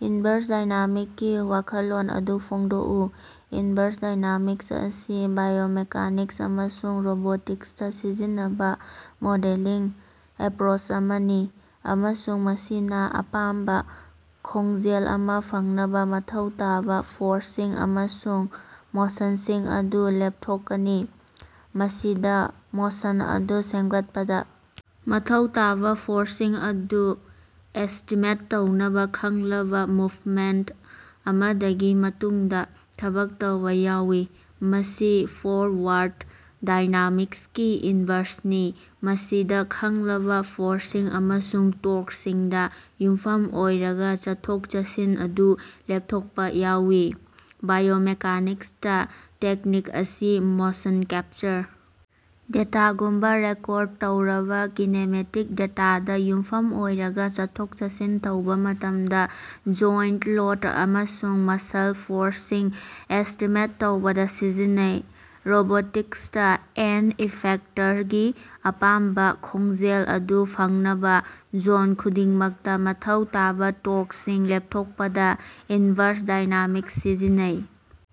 Inverse dynamic ꯀꯤ ꯋꯥꯈꯜꯂꯣꯟ ꯑꯗꯨ ꯐꯣꯡꯗꯣꯛꯎ꯫ ꯏꯟꯚꯔꯁ ꯗꯥꯏꯅꯥꯃꯤꯛꯁ ꯑꯁꯤ ꯕꯥꯏꯑꯣꯃꯦꯀꯥꯅꯤꯛꯁ ꯑꯃꯁꯨꯡ ꯔꯣꯕꯣꯇꯤꯛꯁꯇꯥ ꯁꯤꯖꯤꯟꯅꯕ ꯃꯣꯗꯦꯂꯤꯡ ꯑꯦꯄ꯭ꯔꯣꯆ ꯑꯃꯅꯤ ꯑꯃꯁꯨꯡ ꯃꯁꯤꯅ ꯑꯄꯥꯝꯕ ꯈꯣꯡꯖꯦꯜ ꯑꯃ ꯐꯪꯅꯕ ꯃꯊꯧ ꯇꯥꯕ ꯐꯣꯔꯁꯁꯤꯡ ꯑꯃꯁꯨꯡ ꯃꯣꯁꯟꯁꯤꯡ ꯑꯗꯨ ꯂꯦꯞꯊꯣꯛꯀꯅꯤ꯫ ꯃꯁꯤꯗ ꯃꯣꯁꯟ ꯑꯗꯨ ꯁꯦꯝꯒꯠꯄꯗ ꯃꯊꯧ ꯇꯥꯕ ꯐꯣꯔꯁꯁꯤꯡ ꯑꯗꯨ ꯑꯦꯁ꯭ꯇꯤꯃꯦꯠ ꯇꯧꯅꯕ ꯈꯪꯂꯕ ꯃꯨꯚꯃꯦꯟꯇ ꯑꯃꯗꯒꯤ ꯃꯇꯨꯡꯗ ꯊꯕꯛ ꯇꯧꯕ ꯌꯥꯎꯏ꯫ ꯃꯁꯤ ꯐꯣꯔꯋꯥꯔꯗ ꯗꯥꯏꯅꯥꯃꯤꯛꯁꯀꯤ ꯏꯟꯕꯔꯁꯅꯤ, ꯃꯁꯤꯗ ꯈꯪꯂꯕ ꯐꯣꯔꯁꯁꯤꯡ ꯑꯃꯁꯨꯡ ꯇꯣꯔꯀꯁꯤꯡꯗ ꯌꯨꯝꯐꯝ ꯑꯣꯏꯔꯒ ꯆꯠꯊꯣꯛ-ꯆꯠꯁꯤꯟ ꯑꯗꯨ ꯂꯦꯞꯊꯣꯛꯄ ꯌꯥꯎꯏ꯫ ꯕꯥꯏꯑꯣꯃꯦꯀꯥꯅꯤꯛꯁꯇ, ꯇꯦꯛꯅꯤꯛ ꯑꯁꯤ ꯃꯣꯁꯟ ꯀꯦꯞꯆꯔ ꯗꯦꯇꯥꯒꯨꯝꯕ ꯔꯦꯀꯣꯔꯗ ꯇꯧꯔꯕ ꯀꯤꯅꯦꯃꯦꯇꯤꯛ ꯗꯦꯇꯥꯗ ꯌꯨꯝꯐꯝ ꯑꯣꯏꯔꯒ, ꯆꯠꯊꯣꯛ-ꯆꯠꯁꯤꯟ ꯇꯧꯕ ꯃꯇꯝꯗ ꯖꯣꯏꯟꯇ ꯂꯣꯗ ꯑꯃꯁꯨꯡ ꯃꯁꯜ ꯐꯣꯔꯁꯁꯤꯡ ꯑꯦꯁ꯭ꯇꯤꯃꯦꯠ ꯇꯧꯕꯗ ꯁꯤꯖꯤꯟꯅꯩ꯫ ꯔꯣꯕꯣꯇꯤꯛꯁꯇ, ꯑꯦꯟꯗ-ꯏꯐꯦꯛꯇꯔꯒꯤ ꯑꯄꯥꯝꯕ ꯈꯣꯡꯖꯦꯜ ꯑꯗꯨ ꯐꯪꯅꯕ ꯖꯣꯟ ꯈꯨꯗꯤꯡꯃꯛꯇ ꯃꯊꯧ ꯇꯥꯕ ꯇꯣꯔꯛꯁꯤꯡ ꯂꯦꯞꯊꯣꯛꯄꯗ ꯏꯟꯕꯔꯁ ꯗꯥꯏꯅꯥꯃꯤꯛꯁ ꯁꯤꯖꯤꯟꯅꯩ꯫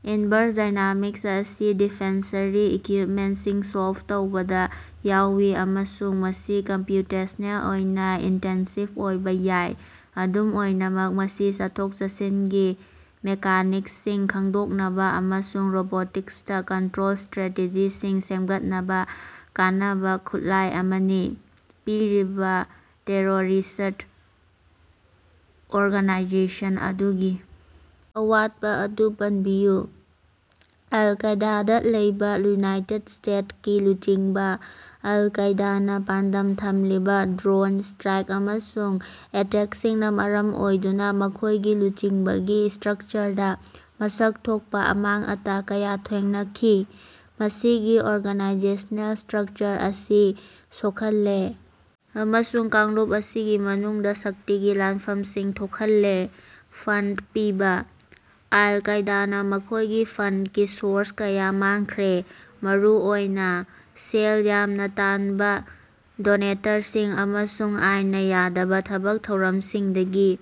ꯏꯟꯚꯔꯁ ꯗꯥꯏꯅꯥꯃꯤꯛꯁ ꯑꯁꯤ ꯗꯤꯐꯦꯟꯁꯔꯤ ꯏꯀ꯭ꯌꯨꯏꯞꯃꯦꯟꯇꯁꯤꯡ ꯁꯣꯜꯕ ꯇꯧꯕꯗ ꯌꯥꯎꯏ ꯑꯃꯁꯨꯡ ꯃꯁꯤ ꯀꯝꯄ꯭ꯌꯨꯇꯦꯁꯅꯦꯜ ꯑꯣꯏꯅ ꯏꯟꯇꯦꯟꯁꯤꯕ ꯑꯣꯏꯕ ꯌꯥꯏ꯫ ꯑꯗꯨꯝ ꯑꯣꯏꯅꯃꯛ ꯃꯁꯤ ꯆꯠꯊꯣꯛ-ꯆꯠꯁꯤꯟꯒꯤ ꯃꯦꯀꯥꯅꯤꯛꯁꯁꯤꯡ ꯈꯪꯗꯣꯛꯅꯕ ꯑꯃꯁꯨꯡ ꯔꯣꯕꯣꯇꯤꯛꯁꯇ ꯀꯟꯇ꯭ꯔꯣꯜ ꯁ꯭ꯠꯔꯦꯇꯦꯖꯤꯁꯤꯡ ꯁꯦꯝꯒꯠꯅꯕ ꯀꯥꯟꯅꯕ ꯈꯨꯠꯂꯥꯏ ꯑꯃꯅꯤ꯫ ꯄꯤꯔꯤꯕ ꯇꯦꯔꯣꯔꯤꯁ꯭ꯠ ꯑꯣꯔꯒꯅꯥꯏꯖꯦꯁꯟ ꯑꯗꯨꯒꯤ ꯑꯋꯥꯠꯄ ꯑꯗꯨ ꯄꯟꯕꯤꯌꯨ꯫ ꯑꯜ ꯀꯥꯏꯗꯥꯗ ꯂꯩꯕ ꯌꯨꯅꯥꯏꯇꯦꯗ ꯏꯁꯇꯦꯠꯁ ꯀꯤ ꯂꯨꯆꯤꯡꯕ: ꯑꯜ ꯀꯥꯏꯗꯥꯅ ꯄꯥꯟꯗꯝ ꯊꯝꯂꯤꯕ ꯗ꯭ꯔꯣꯟ ꯁ꯭ꯇ꯭ꯔꯥꯏꯛ ꯑꯃꯁꯨꯡ ꯑꯦꯇꯦꯛꯁꯤꯡꯅ ꯃꯔꯝ ꯑꯣꯏꯗꯨꯅ ꯃꯈꯣꯏꯒꯤ ꯂꯨꯆꯤꯡꯕꯒꯤ ꯁ꯭ꯇꯔꯛꯆꯔꯗ ꯃꯁꯛ ꯊꯣꯛꯄ ꯑꯃꯥꯡ-ꯑꯇꯥ ꯀꯌꯥ ꯊꯦꯡꯅꯈꯤ, ꯃꯁꯤꯒꯤ ꯑꯣꯔꯒꯅꯥꯏꯖꯦꯁꯅꯦꯜ ꯁ꯭ꯇꯔꯛꯆꯔ ꯑꯁꯤ ꯁꯣꯛꯍꯜꯂꯦ ꯑꯃꯁꯨꯡ ꯀꯥꯡꯂꯨꯞ ꯑꯁꯤꯒꯤ ꯃꯅꯨꯡꯗ ꯁꯛꯇꯤꯒꯤ ꯂꯥꯟꯐꯝꯁꯤꯡ ꯊꯣꯛꯍꯜꯂꯦ꯫ ꯐꯟꯗ ꯄꯤꯕ: ꯑꯜ ꯀꯥꯏꯗꯥꯅ ꯃꯈꯣꯏꯒꯤ ꯐꯟꯗꯒꯤ ꯁꯣꯔꯁ ꯀꯌꯥ ꯃꯥꯡꯈ꯭ꯔꯦ, ꯃꯔꯨꯑꯣꯏꯅꯥꯡ ꯁꯦꯜ ꯌꯥꯝꯅ ꯇꯥꯟꯕ ꯗꯣꯅꯦꯇꯔꯁꯤꯡ ꯑꯃꯁꯨꯡ ꯑꯥꯏꯟꯅ ꯌꯥꯗꯕ ꯊꯕꯛ ꯊꯧꯔꯝꯁꯤꯡꯗꯒꯤ꯫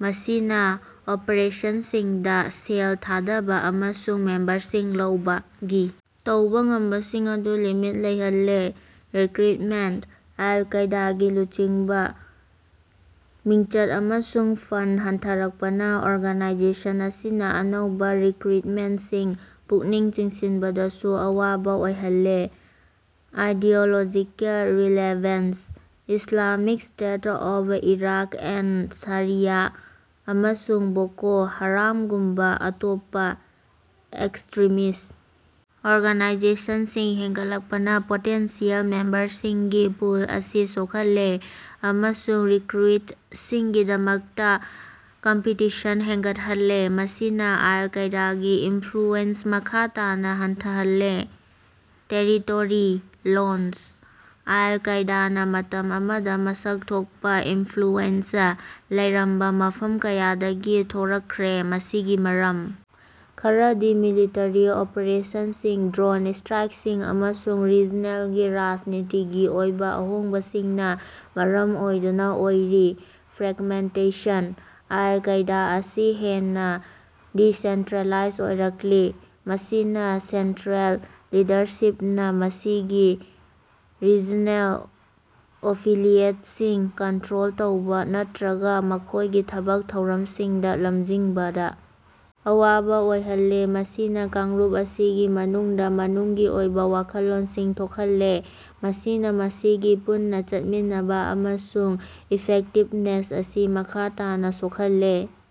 ꯃꯁꯤꯅ ꯑꯣꯄꯔꯦꯁꯟꯁꯤꯡꯗ ꯁꯦꯜ ꯊꯥꯗꯕ ꯑꯃꯁꯨꯡ ꯃꯦꯝꯕꯔꯁꯤꯡ ꯂꯧꯕꯒꯤ ꯇꯧꯕ ꯉꯝꯕꯁꯤꯡ ꯑꯗꯨ ꯂꯤꯃꯤꯠ ꯂꯩꯍꯜꯂꯦ꯫ ꯔꯤꯀ꯭ꯔꯨꯏꯇꯃꯦꯟꯇ: ꯑꯜ ꯀꯥꯏꯗꯥꯒꯤ ꯂꯨꯆꯤꯡꯕ, ꯃꯤꯡꯆꯠ ꯑꯃꯁꯨꯡ ꯐꯟꯗ ꯍꯟꯊꯔꯛꯄꯅ ꯑꯣꯔꯒꯅꯥꯏꯖꯦꯁꯟ ꯑꯁꯤꯅ ꯑꯅꯧꯕ ꯔꯤꯀ꯭ꯔꯨꯏꯇꯃꯦꯟꯇꯁꯤꯡ ꯄꯨꯛꯅꯤꯡ ꯆꯤꯡꯁꯤꯟꯕꯗꯁꯨ ꯑꯋꯥꯕ ꯑꯣꯏꯍꯜꯂꯦ꯫ Ideological relevance: Islamic States of Iraq and Syria ꯑꯃꯁꯨꯡ ꯕꯣꯀꯣ-ꯍꯔꯥꯝꯒꯨꯝꯕ ꯑꯇꯣꯞꯄ ꯑꯦꯛꯁꯇ꯭ꯔꯤꯃꯤꯁ ꯑꯣꯔꯒꯅꯥꯏꯖꯦꯁꯟꯁꯤꯡ ꯍꯦꯟꯒꯠꯂꯛꯄꯅ ꯄꯣꯇꯦꯟꯁꯤꯌꯦꯜ ꯃꯦꯝꯕꯔꯁꯤꯡꯒꯤ ꯄꯨꯜ ꯑꯁꯤ ꯁꯣꯛꯍꯜꯂꯦ ꯑꯃꯁꯨꯡ ꯔꯤꯀ꯭ꯔꯨꯏꯇꯁꯤꯡꯒꯤꯗꯃꯛꯇ ꯀꯝꯄꯤꯇꯤꯁꯟ ꯍꯦꯟꯒꯠꯍꯜꯂꯦ, ꯃꯁꯤꯅ ꯑꯜ ꯀꯥꯏꯗꯥꯒꯤ ꯏꯟꯐ꯭ꯂꯨꯑꯦꯟꯁ ꯃꯈꯥ ꯇꯥꯅ ꯍꯟꯊꯍꯜꯂꯦ꯫ ꯇꯦꯔꯤꯇꯣꯔꯤ ꯂꯣꯁ: ꯑꯜ ꯀꯥꯏꯗꯥꯅ ꯃꯇꯝ ꯑꯃꯗ ꯃꯁꯛ ꯊꯣꯛꯄ ꯏꯟꯐ꯭ꯂꯨꯑꯦꯟꯁ ꯂꯩꯔꯝꯕ ꯃꯐꯝ ꯀꯌꯥꯗꯒꯤ ꯊꯣꯔꯛꯈ꯭ꯔꯦ, ꯃꯁꯤꯒꯤ ꯃꯔꯝ ꯈꯔꯗꯤ ꯃꯤꯂꯤꯇꯔꯤ ꯑꯣꯄ꯭ꯔꯦꯁꯟꯁꯤꯡ, ꯗ꯭ꯔꯣꯟ ꯁ꯭ꯇ꯭ꯔꯥꯏꯛꯁꯤꯡ, ꯑꯃꯁꯨꯡ ꯔꯤꯖꯅꯦꯜꯒꯤ ꯔꯥꯖꯅꯤꯇꯤꯒꯤ ꯑꯣꯏꯕ ꯑꯍꯣꯡꯕꯁꯤꯡꯅ ꯃꯔꯝ ꯑꯣꯏꯗꯨꯅ ꯑꯣꯏꯔꯤ꯫ ꯐ꯭ꯔꯒꯃꯦꯟꯇꯦꯁꯟ: ꯑꯜ ꯀꯥꯏꯗ ꯑꯁꯤ ꯍꯦꯟꯅ ꯗꯤꯁꯦꯟꯇ꯭ꯔꯦꯂꯥꯏꯖ ꯑꯣꯏꯔꯛꯂꯤ, ꯃꯁꯤꯅ ꯁꯦꯟꯇ꯭ꯔꯦꯜ ꯂꯤꯗꯔꯁꯤꯞꯅ ꯃꯁꯤꯒꯤ ꯔꯤꯖꯅꯦꯜ ꯑꯦꯐꯤꯂꯤꯌꯦꯠꯁꯤꯡ ꯀꯟꯇ꯭ꯔꯣꯜ ꯇꯧꯕ ꯅꯠꯇ꯭ꯔꯒ ꯃꯈꯣꯏꯒꯤ ꯊꯕꯛ ꯊꯧꯔꯝꯁꯤꯡꯗ ꯂꯝꯖꯤꯡꯕꯗ ꯑꯋꯥꯕ ꯑꯣꯏꯍꯜꯂꯦ꯫ ꯃꯁꯤꯅ ꯀꯥꯡꯂꯨꯞ ꯑꯁꯤꯒꯤ ꯃꯅꯨꯡꯗ ꯃꯅꯨꯡꯒꯤ ꯑꯣꯏꯕ ꯋꯥꯈꯜꯂꯣꯟꯁꯤꯡ ꯊꯣꯛꯍꯜꯂꯦ, ꯃꯁꯤꯅ ꯃꯁꯤꯒꯤ ꯄꯨꯟꯅ ꯆꯠꯃꯤꯟꯅꯕ ꯑꯃꯁꯨꯡ ꯏꯐꯦꯛꯇꯤꯕꯅꯦꯁ ꯑꯁꯤ ꯃꯈꯥ ꯇꯥꯅ ꯁꯣꯛꯍꯜꯂꯦ꯫